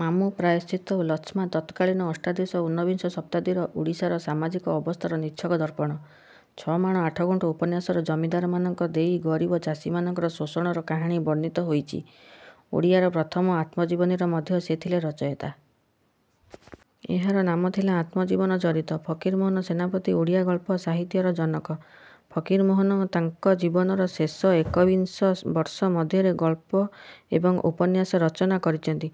ମାମୁଁ ପ୍ରାୟଶ୍ଚିତ ଓ ଲଛମା ତତ୍କାଳୀନ ଅଷ୍ଟାଦଶ ଓ ଊନବିଂଶ ଶତାବ୍ଦୀର ଓଡ଼ିଶାର ସାମାଜିକ ଅବସ୍ଥାର ନିଚ୍ଛକ ଦର୍ପଣ। ଛ ମାଣ ଆଠ ଗୁଣ୍ଠ ଉପନ୍ୟାସରେ ଜମିଦାରମାନଙ୍କ ଦେଇ ଗରିବ ଚାଷୀମାନଙ୍କର ଶୋଷଣର କାହାଣୀ ବର୍ଣ୍ଣିତ ହୋଇଛି। ଓଡ଼ିଆର ପ୍ରଥମ ଆତ୍ମଜୀବନୀର ମଧ୍ୟ ସେ ଥିଲେ ରଚୟିତା। ଏହାର ନାମ ଥିଲା ଆତ୍ମ ଜୀବନ ଚରିତ। ଫକୀରମୋହନ ସେନାପତି ଓଡ଼ିଆ ଗଳ୍ପ ସାହିତ୍ୟର ଜନକ। ଫକୀରମୋହନ ତାଙ୍କ ଜୀବନର ଶେଷ ଏକବିଂଶ ବର୍ଷ ମଧ୍ୟରେ ଗଳ୍ପ ଏବଂ ଉପନ୍ୟାସ ରଚନା କରିଛନ୍ତି।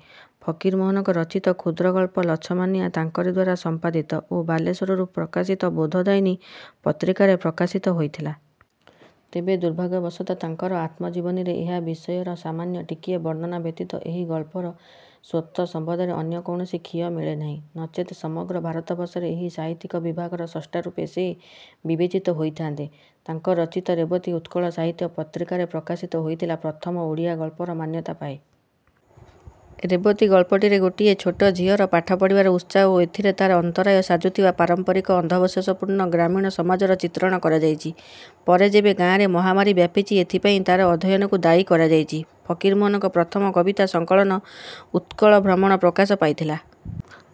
ଫକୀରମୋହନଙ୍କ ରଚିତ କ୍ଷୁଦ୍ରଗଳ୍ପ ଲଛମନିଆ ତାଙ୍କରିଦ୍ୱାରା ସମ୍ପାଦିତ ଓ ବାଲେଶ୍ୱରରୁ ପ୍ରକାଶିତ ବୋଧଦାୟିନୀ ପତ୍ରିକାରେ ପ୍ରକାଶିତ ହୋଇଥିଲା। ତେବେ ଦୁର୍ଭାଗ୍ୟବଶତଃ ତାଙ୍କର ଆତ୍ମଜୀବନୀରେ ଏହା ବିଷୟରେ ସାମାନ୍ୟ ଟିକିଏ ବର୍ଣ୍ଣନା ବ୍ୟତୀତ ଏହି ଗଳ୍ପର ସ୍ରୋତ ସମ୍ବନ୍ଧରେ ଅନ୍ୟ କୌଣସି ଖିଅ ମିଳେନାହିଁ ନଚେତ୍ ସମଗ୍ର ଭାରତବର୍ଷରେ ଏହି ସାହିତ୍ୟିକ ବିଭାଗର ସ୍ରଷ୍ଟା ରୂପେ ସେ ବିବେଚିତ ହୋଇଥାନ୍ତେ। ତାଙ୍କ ରଚିତ ରେବତୀ ଉତ୍କଳ ସାହିତ୍ୟ ପତ୍ରିକାରେ ପ୍ରକାଶିତ ହୋଇଥିଲା ପ୍ରଥମ ଓଡ଼ିଆ ଗଳ୍ପର ମାନ୍ୟତା ପାଏ। ରେବତୀ ଗଳ୍ପଟିରେ ଗୋଟିଏ ଛୋଟ ଝିଅର ପାଠ ପଢ଼ିବାର ଉତ୍ସାହ ଓ ଏଥିରେ ତାର ଅନ୍ତରାୟ ସାଜୁଥିବା ପାରମ୍ପରିକ ଅନ୍ଧବିଶ୍ୱାସପୂର୍ଣ୍ଣ ଗ୍ରାମୀଣ ସମାଜର ଚିତ୍ରଣ କରାଯାଇଛି। ପରେ ଯେବେ ଗାଁରେ ମହାମାରୀ ବ୍ୟାପିଛି ଏଥିପାଇଁ ତାର ଅଧ୍ୟୟନକୁ ଦାୟୀ କରାଯାଇଛି। ଫକୀରମୋହନଙ୍କ ପ୍ରଥମ କବିତା ସଙ୍କଳନ ଉତ୍କଳ ଭ୍ରମଣ ପ୍ରକାଶ ପାଇଥିଲା।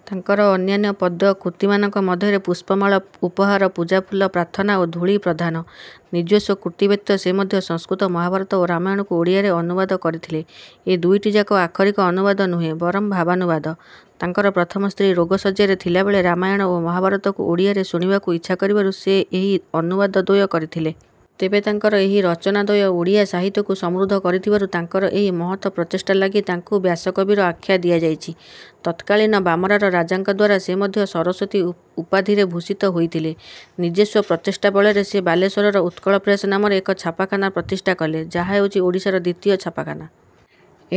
ତାଙ୍କର ଅନ୍ୟାନ୍ୟ ପଦ୍ୟ କୃତିମାନଙ୍କ ମଧ୍ୟରେ ପୁଷ୍ପମାଳା ଉପହାର ପୂଜା ଫୁଲ ପ୍ରାର୍ଥନା ଓ ଧୂଳି ପ୍ରଧାନ। ନିଜସ୍ୱ କୃତି ବ୍ୟତୀତ ସେ ମଧ୍ୟ ସଂସ୍କୃତ ମହାଭାରତ ଓ ରାମାୟଣକୁ ଓଡ଼ିଆରେ ଅନୁବାଦ କରିଥିଲେ। ଏ ଦୁଇଟିଯାକ ଆକ୍ଷରିକ ଅନୁବାଦ ନୁହେଁ ବରଂ ଭାବାନୁବାଦ। ତାଙ୍କର ପ୍ରଥମ ସ୍ତ୍ରୀ ରୋଗଶଯ୍ୟାରେ ଥିବାବେଳେ ରାମାୟଣ ଓ ମହାଭାରତକୁ ଓଡ଼ିଆରେ ଶୁଣିବାକୁ ଇଚ୍ଛା କରିବାରୁ ସେ ଏହି ଅନୁବାଦ ଦ୍ୱୟ କରିଥିଲେ। ତେବେ ତାଙ୍କର ଏହି ରଚନା ଦ୍ୱୟ ଓଡ଼ିଆ ସାହିତ୍ୟକୁ ସମୃଦ୍ଧ କରିଥିବାରୁ ତାଙ୍କର ଏହି ମହତ ପ୍ରଚେଷ୍ଟା ଲାଗି ତାଙ୍କୁ ବ୍ୟାସକବିର ଆଖ୍ୟା ଦିଆଯାଇଛି। ତତ୍କାଳୀନ ବାମରାର ରାଜାଙ୍କଦ୍ୱାରା ସେ ମଧ୍ୟ ସରସ୍ୱତୀ ଉପାଧିରେ ଭୂଷିତ ହୋଇଥିଲେ। ନିଜସ୍ୱ ପ୍ରଚେଷ୍ଟା ବଳରେ ସେ ବାଲେଶ୍ୱରରେ ଉତ୍କଳ ପ୍ରେସ ନାମରେ ଏକ ଛାପାଖାନା ପ୍ରତିଷ୍ଠା କଲେ ଯାହା ହେଉଛି ଓଡ଼ିଶାର ଦ୍ୱିତୀୟ ଛାପାଖାନା।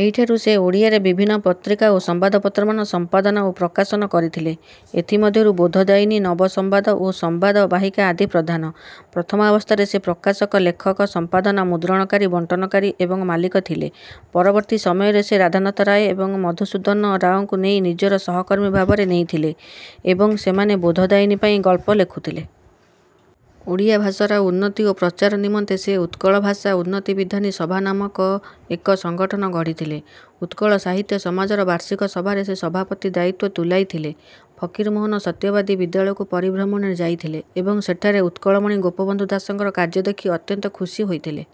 ଏହିଠାରୁ ସେ ଓଡ଼ିଆରେ ବିଭିନ୍ନ ପତ୍ରିକା ଓ ସମ୍ବାଦପତ୍ରମାନ ସମ୍ପାଦନା ଓ ପ୍ରକାଶନ କଲେ। ଏଥିମଧ୍ୟରୁ ବୋଧଦାୟିନୀ ନବସମ୍ବାଦ ଓ ସମ୍ବାଦ ବାହିକା ଆଦି ପ୍ରଧାନ। ପ୍ରଥମାବସ୍ଥାରେ ସେ ପ୍ରକାଶକ ଲେଖକ ସମ୍ପାଦକ ମୁଦ୍ରଣକାରୀ ବଣ୍ଟନକାରୀ ଏବଂ ମାଲିକ ଥିଲେ। ପରବର୍ତ୍ତୀ ସମୟରେ ସେ ରାଧାନାଥ ରାୟ ଏବଂ ମଧୁସୂଦନ ରାଓଙ୍କୁ ନିଜର ସହକର୍ମୀ ଭାବରେ ନେଇଥିଲେ ଏବଂ ସେମାନେ ବୋଧଦାୟିନୀ ପାଇଁ ଗଳ୍ପ ଲେଖୁଥିଲେ। ଓଡ଼ିଆ ଭାଷାର ଉନ୍ନତି ଓ ପ୍ରଚାର ନିମନ୍ତେ ସେ ଉତ୍କଳ ଭାଷା ଉନ୍ନତି ବିଧାନୀ ସଭା ନାମକ ଏକ ସଙ୍ଗଠନ ଗଢ଼ିଥିଲେ। ଉତ୍କଳ ସାହିତ୍ୟ ସମାଜର ବାର୍ଷିକ ସଭାରେ ସେ ସଭାପତି ଦାୟିତ୍ୱ ତୁଲାଇଥିଲେ। ଫକୀରମୋହନ ସତ୍ୟବାଦୀ ବିଦ୍ୟାଳୟକୁ ପରିଭ୍ରମଣରେ ଯାଇଥିଲେ ଏବଂ ସେଠାରେ ଉତ୍କଳମଣି ଗୋପବନ୍ଧୁ ଦାସଙ୍କର କାର୍ଯ୍ୟ ଦେଖି ଅତ୍ୟନ୍ତ ଖୁସି ହୋଇଥିଲେ।